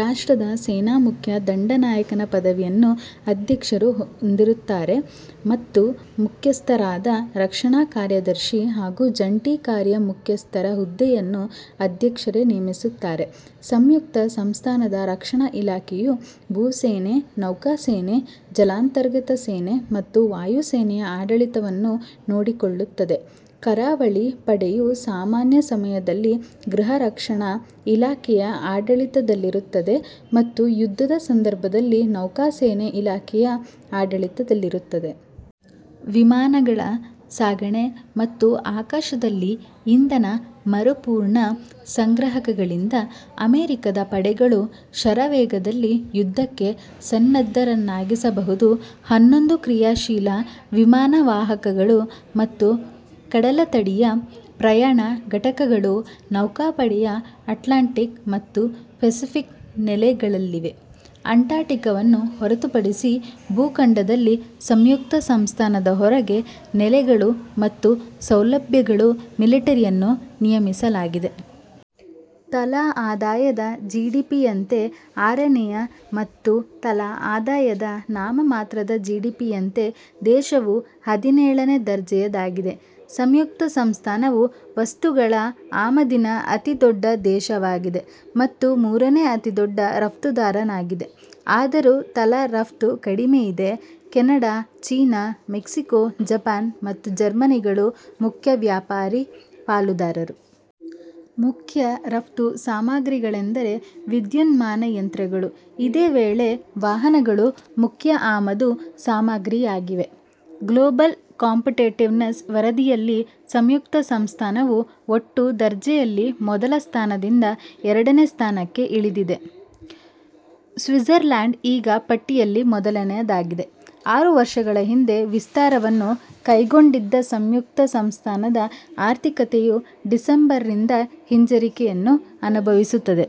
ರಾಷ್ಟ್ರದ ಸೇನಾ ಮುಖ್ಯ ದಂಡನಾಯಕನ ಪದವಿಯನ್ನು ಅಧ್ಯಕ್ಷರು ಹೊಂದಿರುತ್ತಾರೆ ಮತ್ತು ಮುಖ್ಯಸ್ಥರಾದ ರಕ್ಷಣಾ ಕಾರ್ಯದರ್ಶಿ ಹಾಗೂ ಜಂಟಿ ಕಾರ್ಯಮುಖ್ಯಸ್ಥ ರ ಹುದ್ದೆಯನ್ನು ಅಧ್ಯಕ್ಷರೇ ನೇಮಿಸುತ್ತಾರೆ. ಸಂಯುಕ್ತ ಸಂಸ್ಥಾನದ ರಕ್ಷಣಾ ಇಲಾಖೆ ಯು ಭೂಸೇನೆ, ನೌಕಾಸೇನೆ, ಜಲಾಂತರ್ಗತ ಸೇನೆ ಮತ್ತು ವಾಯುಸೇನೆಯ ಆಡಳಿತವನ್ನು ನೋಡಿಕೊಳ್ಳುತ್ತದೆ. ಕರಾವಳಿ ಪಡೆ ಯು ಸಾಮಾನ್ಯ ಸಮಯದಲ್ಲಿ ಗೃಹರಕ್ಷಣಾ ಇಲಾಖೆ ಯ ಆಡಳಿತದಲ್ಲಿರುತ್ತದೆ ಮತ್ತು ಯುದ್ಧದ ಸಂದರ್ಭದಲ್ಲಿ ನೌಕಾಸೇನಾ ಇಲಾಖೆ ಯ ಆಡಳಿತದಲ್ಲಿರುತ್ತದೆ. ವಿಮಾನಗಳ ಸಾಗಣೆ ಮತ್ತು ಆಕಾಶದಲ್ಲಿ ಇಂಧನ ಮರುಪೂರಣಾ ಸಂಗ್ರಾಹಕಗಳಿಂದ ಅಮೆರಿಕದ ಪಡೆಗಳು ಶರವೇಗದಲ್ಲಿ ಯುದ್ಧಕ್ಕೆ ಸನ್ನದ್ಧರನ್ನಾಗಿಸಬಹುದು. ಹನ್ನೊಂದು ಕ್ರಿಯಾಶೀಲ ವಿಮಾನ ವಾಹಕಗಳು ಮತ್ತು ಕಡಲತಡಿಯ ಪ್ರಯಾಣ ಘಟಕ ಗಳು ನೌಕಾಪಡೆಯ ಅಟ್ಲಾಂಟಿಕ್ ಮತ್ತು ಪೆಸಿಫಿಕ್ ನೆಲೆ ಗಳಲ್ಲಿವೆ. ಅಂಟಾರ್ಕ್ಟಿಕಾವನ್ನು ಹೊರತುಪಡಿಸಿ ಭೂಖಂಡದಲ್ಲಿ ಸಂಯುಕ್ತ ಸಂಸ್ಥಾನದ ಹೊರಗೆ, ನೆಲೆಗಳು ಮತ್ತು ಸೌಲಭ್ಯಗಳಲ್ಲಿ ಮಿಲಿಟರಿಯನ್ನು ನಿಯಮಿಸಲಾಗಿದೆ. ತಲಾ ಆದಾಯದ ಜಿಡಿಪಿ ಯಂತೆ ಆರನೇಯ ಮತ್ತು ತಲಾ ಆದಾಯದ ನಾಮಮಾತ್ರದ ಜಿಡಿಪಿ ಯಂತೆ ದೇಶವು ಹದಿನೇಳನೇ ದರ್ಜೆಯದಾಗಿದೆ. ಸಂಯುಕ್ತ ಸಂಸ್ಥಾನವು ವಸ್ತುಗಳ ಆಮದಿನ ಅತೀ ದೊಡ್ಡ ದೇಶವಾಗಿದೆ. ಮತ್ತು ಮೂರನೇ ಅತೀದೊಡ್ಡ ರಫ್ತುದಾರನಾಗಿದೆ. ಆದರೂ ತಲಾ ರಫ್ತು ಕಡಿಮೆಯಿದೆ. ಕೆನಡಾ, ಚೀನಾ, ಮೆಕ್ಸಿಕೋ, ಜಪಾನ್ ಮತ್ತು ಜರ್ಮನಿಗಳು ಮುಖ್ಯ ವ್ಯಾಪಾರಿ ಪಾಲುದಾರರು. ಮುಖ್ಯ ರಫ್ತು ಸಾಮಗ್ರಿಗಳೆಂದರೆ ವಿದ್ಯುನ್ಮಾನ ಯಂತ್ರಗಳು. ಇದೇ ವೇಳೆ ವಾಹನಗಳು ಮುಖ್ಯ ಆಮದು ಸಾಮಗ್ರಿಯಾಗಿವೆ. ಗ್ಲೋಬಲ್ ಕಾಂಪಿಟಿಟಿವ್ನೆಸ್ ವರದಿ ಯಲ್ಲಿ ಸಂಯುಕ್ತ ಸಂಸ್ಥಾನವು ಒಟ್ಟು ದರ್ಜೆಯಲ್ಲಿ ಮೊದಲ ಸ್ಥಾನದಿಂದ ಎರಡನೇ ಸ್ಥಾನಕ್ಕೆ ಇಳಿದಿದೆ. ಸ್ವಿಝರ್ಲ್ಯಾಂಡ್ ಈಗ ಪಟ್ಟಿಯಲ್ಲಿ ಮೊದಲನೆಯದಾಗಿದೆ. ಆರು ವರ್ಷಗಳ ಹಿಂದೆ ವಿಸ್ತಾರವನ್ನು ಕೈಗೊಂಡಿದ್ದ ಸಂಯುಕ್ತ ಸಂಸ್ಥಾನದ ಆರ್ಥಿಕತೆಯು ಡಿಸೆಂಬರ್ ರಿಂದ ಹಿಂಜರಿಕೆ ಯನ್ನು ಅನುಭವಿಸುತ್ತಿದೆ.